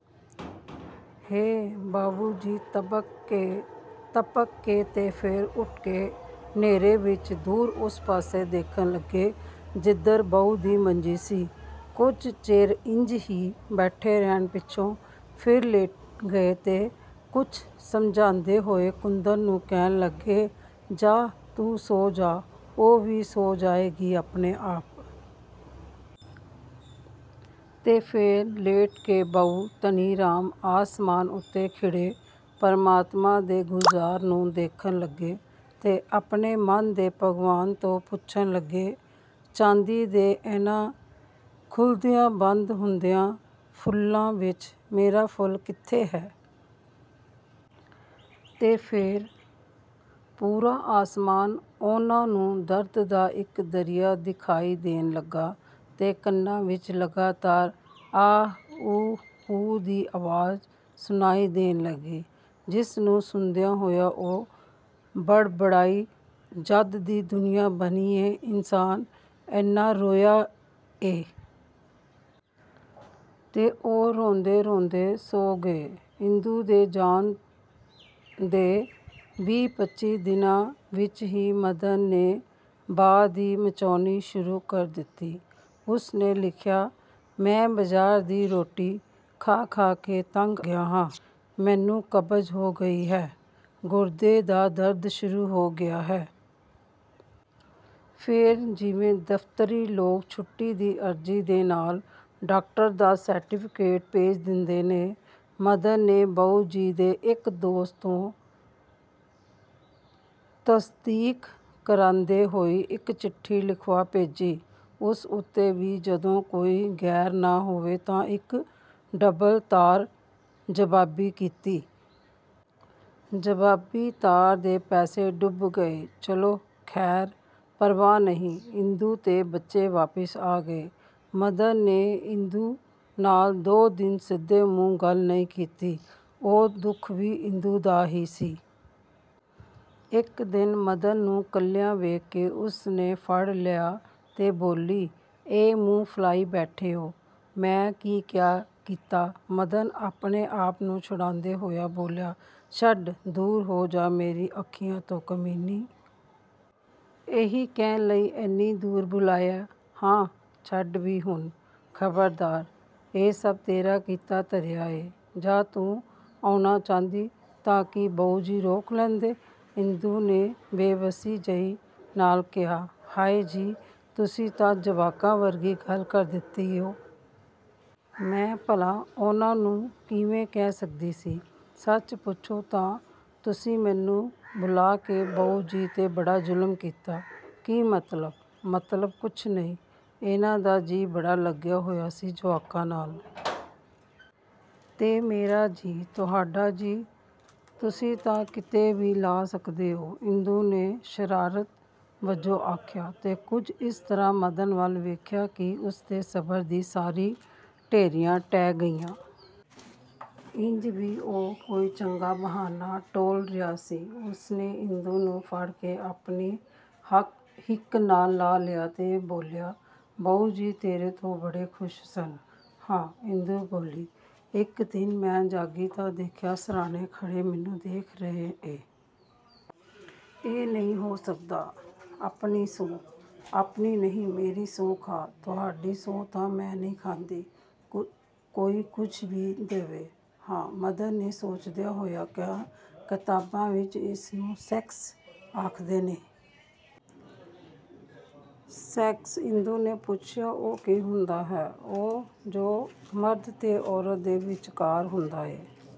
" "ਹੈਂਅ? " ਬਾਊਜੀ ਤਬਕੇ ਤਬਕੇ ਤੇ ਫੇਰ ਉਠ ਕੇ ਨੇਰੇ ਵਿਚ ਦੂਰ ਉਸ ਪਾਸੇ ਦੇਖਣ ਲੱਗੇ ਜਿਧਰ ਬਹੂ ਦੀ ਮੰਜੀ ਸੀ। ਕੁਝ ਚਿਰ ਇੰਜ ਹੀ ਬੈਠੇ ਰਹਿਣ ਪਿੱਛੋਂ ਫੇਰ ਲੇਟ ਗਏ ਤੇ ਕੁਝ ਸਮਝਾਦੇਂ ਹੋਏ ਕੁੰਦਨ ਨੂੰ ਕਹਿਣ ਲੱਗੇ-"ਜਾਹ… ਤੂੰ ਸੌਂ ਜਾ, ਉਹ ਵੀ ਸੌਂ ਜਾਏਗੀ ਆਪਣੇ ਆਪ। " ਤੇ ਫੇਰ ਲੇਟ ਕੇ ਬਾਊ ਧਨੀਰਾਮ ਆਸਮਾਨ ਉੱਤੇ ਖਿੜੇ ਪ੍ਰਮਾਤਮਾ ਦੇ ਗੁਲਜ਼ਾਰ ਨੂੰ ਦੇਖਣ ਲੱਗੇ ਤੇ ਆਪਣੇ ਮਨ ਦੇ ਭਗਵਾਨ ਤੋਂ ਪੁੱਛਣ ਲੱਗੇ-'ਚਾਂਦੀ ਦੇ ਇਹਨਾਂ ਖੁੱਲ੍ਹਦੇ, ਬੰਦ ਹੁੰਦੇ ਫੁੱਲਾਂ ਵਿਚ ਮੇਰਾ ਫੁੱਲ ਕਿੱਥੇ ਹੈ? ' ਤੇ ਫੇਰ ਪੂਰਾ ਆਸਮਾਨ ਉਹਨਾਂ ਨੂੰ ਦਰਦ ਦਾ ਇਕ ਦਰਿਆ ਦਿਖਾਈ ਦੇਣ ਲੱਗਾ ਤੇ ਕੰਨਾਂ ਵਿਚ ਇਕ ਲਗਾਤਾਰ 'ਹਾ–ਵ–ਹੂ' ਦੀ ਆਵਾਜ਼ ਸੁਣਾਈ ਦੇਣ ਲੱਗੀ। ਜਿਸਨੂੰ ਸੁਣਦੇ ਹੋਏ ਉਹ ਬਰੜਾਏ-'ਜਦੋਂ ਦੀ ਦੁਨੀਆਂ ਬਣੀ ਏੇਂ ਇਨਸਾਨ ਕਿੰਨਾ ਰੋਇਆ ਏ! ' ਤੇ ਉਹ ਰੋਂਦੇ ਰੋਂਦੇ ਸੌਂ ਗਏ। ਇੰਦੂ ਦੇ ਜਾਣ ਦੇ ਵੀਹ ਪੱਚੀ ਦਿਨਾਂ ਵਿਚ ਹੀ ਮਦਨ ਨੇ ਭਾ–ਦੀ ਮਚਾਉਣੀ ਸ਼ੁਰੂ ਕਰ ਦਿਤੀ। ਉਸਨੇ ਲਿਖਿਆ: 'ਮੈਂ ਬਾਜ਼ਾਰ ਦੀ ਰੋਟੀ ਖਾ–ਖਾ ਕੇ ਤੰਗ ਆ ਗਿਆ ਹਾਂ, ਮੈਨੂੰ ਕਬਜ਼ ਹੋ ਗਈ ਹੈ, ਗੁਰਦੇ ਦਾ ਦਰਦ ਸ਼ੁਰੂ ਹੋ ਗਿਆ ਹੈ। ' ਫੇਰ ਜਿਵੇਂ ਦਫ਼ਤਰੀ ਲੋਕ ਛੁੱਟੀ ਦੀ ਅਰਜ਼ੀ ਦੇ ਨਾਲ ਡਾਕਟਰ ਦਾ ਸਰਟਿਫੀਕੇਟ ਭੇਜ ਦਿੰਦੇ ਨੇ, ਮਦਨ ਨੇ ਬਾਊ ਜੀ ਦੇ ਇਕ ਦੋਸਤ ਤੋਂ ਤਸਦੀਕ ਕਰਦੀ ਹੋਈ ਇਕ ਚਿੱਠੀ ਲਿਖਵਾ ਭੇਜੀ। ਉਸ ਉੱਤੇ ਵੀ ਜਦੋਂ ਕੋਈ ਗੌਰ ਨਾ ਹੋਈ ਤਾਂ ਇਕ ਡਬਲ ਤਾਰ-ਜਵਾਬੀ-ਕੀਤੀ। ਜਵਾਬੀ ਤਾਰ ਦੇ ਪੈਸੇ ਡੁੱਬ ਗਏ, ਚਲੋ ਖ਼ੈਰ, ਪ੍ਰਵਾਹ ਨਹੀਂ। ਇੰਦੂ ਤੇ ਬੱਚੇ ਵਾਪਸ ਆ ਗਏ। ਮਦਨ ਨੇ ਇੰਦੂ ਨਾਲ ਦੋ ਦਿਨ ਸਿੱਧੇ ਮੂੰਹ ਗੱਲ ਨਹੀਂ ਕੀਤੀ। ਇਹ ਦੁੱਖ ਵੀ ਇੰਦੂ ਦਾ ਹੀ ਸੀ। ਇਕ ਦਿਨ ਮਦਨ ਨੂੰ ਇਕੱਲਾ ਵੇਖ ਕੇ ਉਸਨੇ ਫੜ੍ਹ ਲਿਆ ਤੇ ਬੋਲੀ-"ਐਂ ਮੂੰਹ ਫੁਲਾਈ ਬੈਠੋ ਓ, ਮੈਂ ਕੀ ਕਿਹਾ… ਕੀਤਾ…? " ਮਦਨ ਆਪਣੇ ਆਪ ਨੂੰ ਛੁਡਾਉਂਦਾ ਹੋਇਆ ਬੋਲਿਆ-"ਛੱਡ, ਦੂਰ ਹੋ ਜਾ ਮੇਰੀਆਂ ਅੱਖਾਂ ਤੋਂ-ਕਮੀਨੀ! " "ਇਹੀ ਕਹਿਣ ਲਈ ਐਨੀ ਦੂਰੋਂ ਬੁਲਾਇਐ? " "ਹਾਂ! " "ਛੱਡੋ ਵੀ ਹੁਣ। " "ਖ਼ਬਰਦਾਰ! ਇਹ ਸਭ ਤੇਰਾ ਕੀਤਾ ਧਰਿਆ ਏ। ਜੇ ਤੂੰ ਆਉਣਾ ਚਾਹੁੰਦੀ ਤਾਂ ਕੀ ਬਾਊਜੀ ਰੋਕ ਲੈਂਦੇ? " ਇੰਦੂ ਨੇ ਬੇਵੱਸੀ ਜਿਹੀ ਨਾਲ ਕਿਹਾ-"ਹਾਏ ਜੀ, ਤੁਸੀਂ ਤਾਂ ਜਵਾਕਾਂ ਵਰਗੀਆਂ ਗੱਲ ਕਰਦੇ ਓ। ਮੈਂ ਭਲਾ ਉਹਨਾਂ ਨੂੰ ਕਿਵੇਂ ਕਹਿ ਸਕਦੀ ਸੀ? ਸੱਚ ਪੁੱਛੋਂ ਤਾਂ ਤੁਸੀਂ ਮੈਨੂੰ ਬੁਲਾਅ ਕੇ ਬਾਊਜੀ 'ਤੇ ਬੜਾ ਜੁਲਮ ਕੀਤੈ। " "ਕੀ ਮਤਲਬ? " "ਮਤਲਬ ਕੁਸ਼ ਨੀਂ, ਉਹਨਾਂ ਦਾ ਜੀਅ ਬੜਾ ਲੱਗਾ ਹੋਇਆ ਸੀ ਜਵਾਕਾਂ ਨਾਲ। " "ਤੇ ਮੇਰਾ ਜੀਅ? " "ਤੁਹਾਡਾ ਜੀਅ? ਤੁਸੀਂ ਤਾਂ ਕਿਤੇ ਵੀ ਲਾ ਸਕਦੇ ਓ! " ਇੰਦੂ ਨੇ ਸ਼ਰਾਰਤ ਵਜੋਂ ਕਿਹਾ। ਤੇ ਕੁਝ ਇਸ ਤਰ੍ਹਾਂ ਮਦਨ ਵੱਲ ਦੇਖਿਆ ਕਿ ਉਸਦੇ ਸਬਰ ਦੀਆਂ ਸਾਰੀਆਂ ਢੇਰੀਆਂ ਢਹਿ ਗਈਆਂ। ਉਂਜ ਵੀ ਉਹ ਕੋਈ ਚੰਗਾ ਬਹਾਨਾ ਟੋਲ ਰਿਹਾ ਸੀ। ਉਸਨੇ ਇੰਦੂ ਨੂੰ ਫੜ੍ਹ ਕੇ ਆਪਣੀ ਹਿੱਕ ਨਾਲ ਲਾ ਲਿਆ ਤੇ ਬੋਲਿਆ-"ਬਾਊਜੀ ਤੇਰੇ 'ਤੇ ਬੜੇ ਖੁਸ਼ ਸਨ? " "ਹਾਂ! " ਇੰਦੂ ਬੋਲੀ, "ਇਕ ਦਿਨ ਮੈਂ ਜਾਗੀ ਤਾਂ ਦੇਖਿਆ ਸਿਰਹਾਣੇ ਖੜ੍ਹੇ ਮੈਨੂੰ ਦੇਖ ਰਹੇ ਐ! " "ਇਹ ਨਹੀਂ ਹੋ ਸਕਦਾ। " "ਆਪਣੀ ਸੌਂਹ! " "ਆਪਣੀ ਨਹੀਂ, ਮੇਰੀ ਸੌਂਹ ਖਾਹ। " "ਤੁਹਾਡੀ ਸੌਂਹ ਤਾਂ ਮੈਂ ਨੀਂ ਖਾਂਦੀ, ਕੋਈ ਕੁਸ਼ ਵੀ ਦੇਵੇ। " "ਹਾਂ! " ਮਦਨ ਨੇ ਸੋਚਦਿਆਂ ਹੋਇਆਂ ਕਿਹਾ, "ਕਿਤਾਬਾਂ ਵਿਚ ਇਸ ਨੂੰ ਸੈਕਸ ਕਹਿੰਦੇ ਨੇ। " "ਸੈਕਸ? " ਇੰਦੂ ਨੇ ਪੁੱਛਿਆ, "ਉਹ ਕੀ ਹੁੰਦੈ ਜੀ? " "ਉਹੀ ਜੋ ਮਰਦ ਤੇ ਔਰਤ ਦੇ ਵਿਚਕਾਰ ਹੁੰਦਾ ਏ।